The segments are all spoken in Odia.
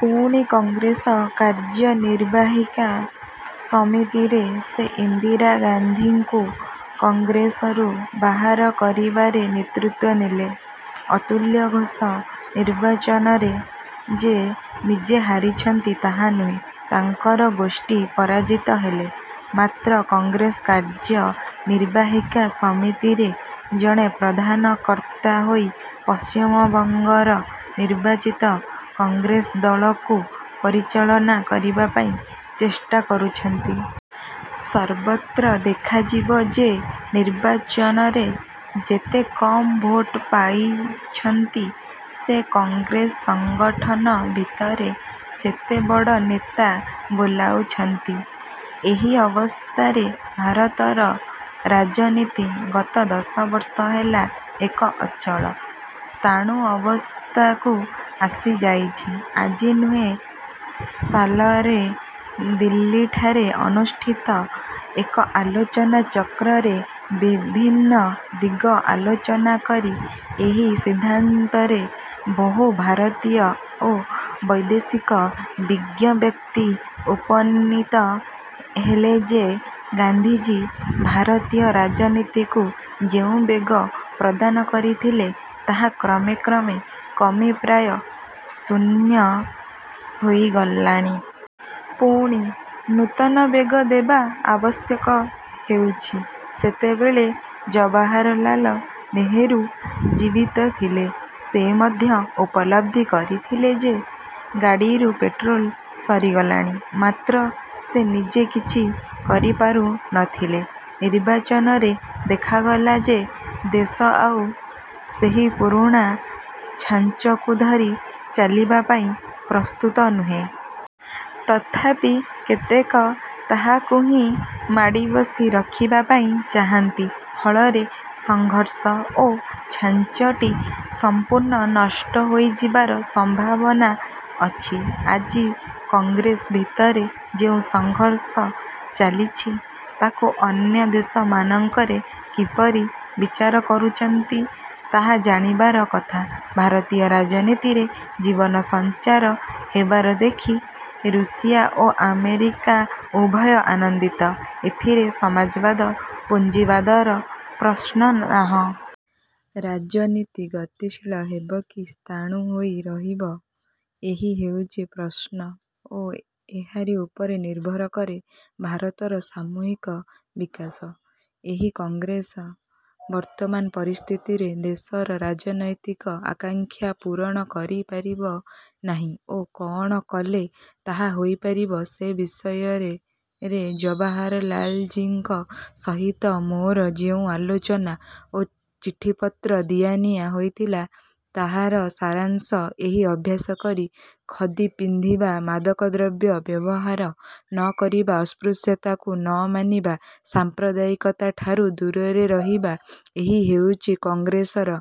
ପୁଣି କଂଗ୍ରେସ କାର୍ଯ୍ୟ ନିର୍ବାହିକା ସମିତିରେ ସେ ଇନ୍ଦିରା ଗାନ୍ଧିଙ୍କୁ କଂଗ୍ରେସରୁ ବାହାର କରିବାରେ ନେତୃତ୍ୱ ନେଲେ। ଅତୁଲ୍ୟ ଘୋଷ ନିର୍ବାଚନରେ ଯେ ନିଜେ ହାରିଛନ୍ତି ତାହା ନୁହେଁ, ତାଙ୍କର ଗୋଷ୍ଠୀ ପରାଜିତ ହେଲେ। ମାତ୍ର କଂଗ୍ରେସ କାର୍ଯ୍ୟ ନିର୍ବାହିକା ସମିତିରେ ଜଣେ ପ୍ରଧାନ କର୍ତ୍ତା ହୋଇ ପଶ୍ଚିମବଙ୍ଗର ନିର୍ବାଚିତ କଂଗ୍ରେସ ଦଳକୁ ପରିଚାଳନା କରିବା ପାଇଁ ଚେଷ୍ଟା କରୁଛନ୍ତି। ସର୍ବତ୍ର ଦେଖାଯିବ ଯେ ନିର୍ବାଚନରେ ଯେତେ କମ୍ ଭୋଟ ପାଇଛନ୍ତି, ସେ କଂଗ୍ରେସ ସଙ୍ଗଠନ ଭିତରେ ସେତେ ବଡ଼ ନେତା ବୋଲାଉଛନ୍ତି। ଏହି ଅବସ୍ଥାରେ ଭାରତର ରାଜନୀତି ଗତ ଦଶବର୍ଷ ହେଲା ଏକ ଅଚଳ, ସ୍ଥାଣୁ ଅବସ୍ଥାକୁ ଆସିଯାଇଛି। ଆଜି ନୁହେଁ ସାଲରେ ଦିଲ୍ଲୀଠାରେ ଅନୁଷ୍ଠିତ ଏକ ଆଲୋଚନା ଚକ୍ରରେ ବିଭିନ୍ନ ଦିଗ ଆଲୋଚନା କରି ଏହି ସିଦ୍ଧାନ୍ତରେ ବହୁ ଭାରତୀୟ ଓ ବୈଦେଶିକ ବିଜ୍ଞବ୍ୟକ୍ତି ଉପନୀତ ହେଲେ ଯେ ଗାନ୍ଧିଜୀ ଭାରତୀୟ ରାଜନୀତିକୁ ଯେଉଁ ବେଗ ପ୍ରଦାନ କରିଥିଲେ, ତାହା କ୍ରମେ କ୍ରମେ କମି ପ୍ରାୟ ଶୂନ୍ୟ ହୋଇଗଲାଣି। ପୁଣି। ନୂତନ ବେଗ ଦେବା ଆବଶ୍ୟକ ହେଉଛି। ସେତେବେଳେ ଜବାହରଲାଲ ନେହେରୁ ଜୀବିତ ଥିଲେ। ସେ ମଧ୍ୟ ଉପଲବ୍ଧି କରିଥିଲେ ଯେ ଗାଡ଼ିରୁ ପେଟ୍ରୋଲ ସରିଗଲାଣି; ମାତ୍ର ସେ ନିଜେ କିଛି କରିପାରୁ ନ ଥିଲେ। ନିର୍ବାଚନରେ ଦେଖାଗଲା ଯେ ଦେଶ ଆଉ ସେହି ପୁରୁଣା ଛାଞ୍ଚକୁ ଧରି ଚାଲିବା ପାଇଁ ପ୍ରସ୍ତୁତ ନୁହେଁ। ତଥାପି କେତେକ ତାହାକୁ ହିଁ ମାଡ଼ିବସି ରଖିବା ପାଇଁ ଚାହାନ୍ତି। ଫଳରେ ସଂଘର୍ଷ ଓ ଛାଞ୍ଚଟି ସଂପୂର୍ଣ୍ଣ ନଷ୍ଟ ହୋଇଯିବାର ସମ୍ଭାବନା ଅଛି। ଆଜି କଂଗ୍ରେସ ଭିତରେ ଯେଉଁ ସଂଘର୍ଷ ଚାଲିଛି ତାକୁ ଅନ୍ୟ ଦେଶମାନଙ୍କରେ କିପରି ବିଚାର କରୁଚନ୍ତି, ତାହା ଜାଣିବାର କଥା। ଭାରତୀୟ ରାଜନୀତିରେ ଜୀବନ ସଞ୍ଚାର ହେବାର ଦେଖି ରୁଷିଆ ଓ ଆମେରିକା ଉଭୟ ଆନନ୍ଦିତ; ଏଥିରେ ସମାଜବାଦ ପୁଞ୍ଜିବାଦର ପ୍ରଶ୍ନ ନାହଁ। ରାଜନୀତି ଗତିଶୀଳ ହେବ କି ସ୍ଥାଣୁ ହୋଇ ରହିବ ଏହି ହେଉଛି ପ୍ରଶ୍ନ ଓ ଏହାରି ଉପରେ ନିର୍ଭର କରେ ଭାରତର ସାମୂହିକ ବିକାଶ। ଏହି କଂଗ୍ରେସ ବର୍ତ୍ତମାନ ପରିସ୍ଥିତିରେ ଦେଶର ରାଜନୈତିକ ଆକାଙ୍କ୍ଷା ପୂରଣ କରି ପାରିବ ନାହିଁ ଓ କଅଣ କଲେ ତାହା ହୋଇପାରିବ ସେ ବିଷୟରେ ରେ ଜବାହରଲାଲଜୀଙ୍କ ସହିତ ମୋର ଯେଉଁ ଆଲୋଚନା ଓ ଚିଠିପତ୍ର ଦିଆନିଆ ହୋଇଥିଲା ତାହାର ସାରାଂଶ ଏହି- ଅଭ୍ୟାସ କରି ଖଦି ପିନ୍ଧିବା, ମାଦକ ଦ୍ରବ୍ୟ ବ୍ୟବହାର ନ କରିବା, ଅସ୍ପୃଶ୍ୟତାକୁ ନ ମାନିବା, ସାଂପ୍ରଦାୟିକତାଠାରୁ ଦୂରରେ ରହିବା, ଏହି ହେଉଛି କଂଗ୍ରେସର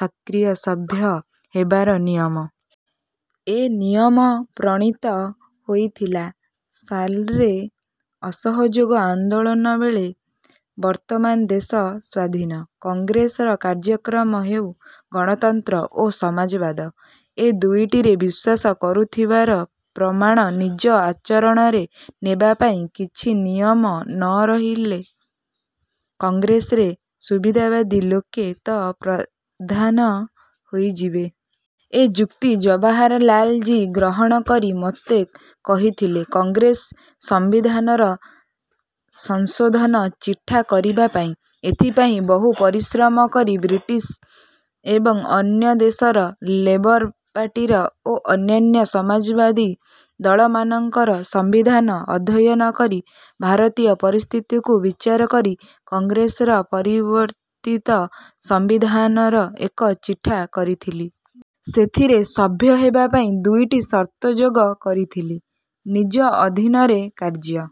ସକ୍ରିୟ ସଭ୍ୟ ହେବାର ନିୟମ। ଏ ନିୟମ ପ୍ରଣୀତ ହୋଇଥିଲା ସାଲରେ ଅସହଯୋଗ ଆନ୍ଦୋଳନବେଳେ। ବର୍ତ୍ତମାନ ଦେଶ ସ୍ୱାଧୀନ। କଂଗ୍ରେସର କାର୍ଯ୍ୟକ୍ରମ ହେଉ ଗଣତନ୍ତ୍ର ଓ ସମାଜବାଦ। ଏ ଦୁଇଟିରେ ବିଶ୍ୱାସ କରୁଥିବାର ପ୍ରମାଣ ନିଜ ଆଚରଣରେ ନେବାପାଇଁ କିଛି ନିୟମ ନ ରହିଲେ କଂଗ୍ରେସରେ ସୁବିଧାବାଦୀ ଲୋକେ ତ ପ୍ରଧାନ ହୋଇଯିବେ। ଏ ଯୁକ୍ତି ଜବାହରଲାଲଜୀ ଗ୍ରହଣ କରି ମୋତେ କହିଥିଲେ କଂଗ୍ରେସ ସଂବିଧାନର ସଂଶୋଧନ ଚିଠା କରିବା ପାଇଁ। ଏଥିପାଇଁ ବହୁ ପରିଶ୍ରମ କରି ବ୍ରିଟିଶ ଏବଂ ଅନ୍ୟ ଦେଶର ଲେବର ପାର୍ଟିର ଓ ଅନ୍ୟାନ୍ୟ ସମାଜବାଦୀ ଦଳମାନଙ୍କର ସମ୍ବିଧାନ ଅଧ୍ୟୟନ କରି ଭାରତୀୟ ପରିସ୍ଥିତିକୁ ବିଚାର କରି କଂଗ୍ରେସର ପରିବର୍ତ୍ତିତ ସମ୍ବିଧାନର ଏକ ଚିଠା କରିଥିଲି। ସେଥିରେ ସଭ୍ୟ ହେବା ପାଇଁ ଦୁଇଟି ସର୍ତ୍ତ ଯୋଗ କରିଥିଲି। ନିଜ ଅଧୀନରେ କାର୍ଯ୍ୟ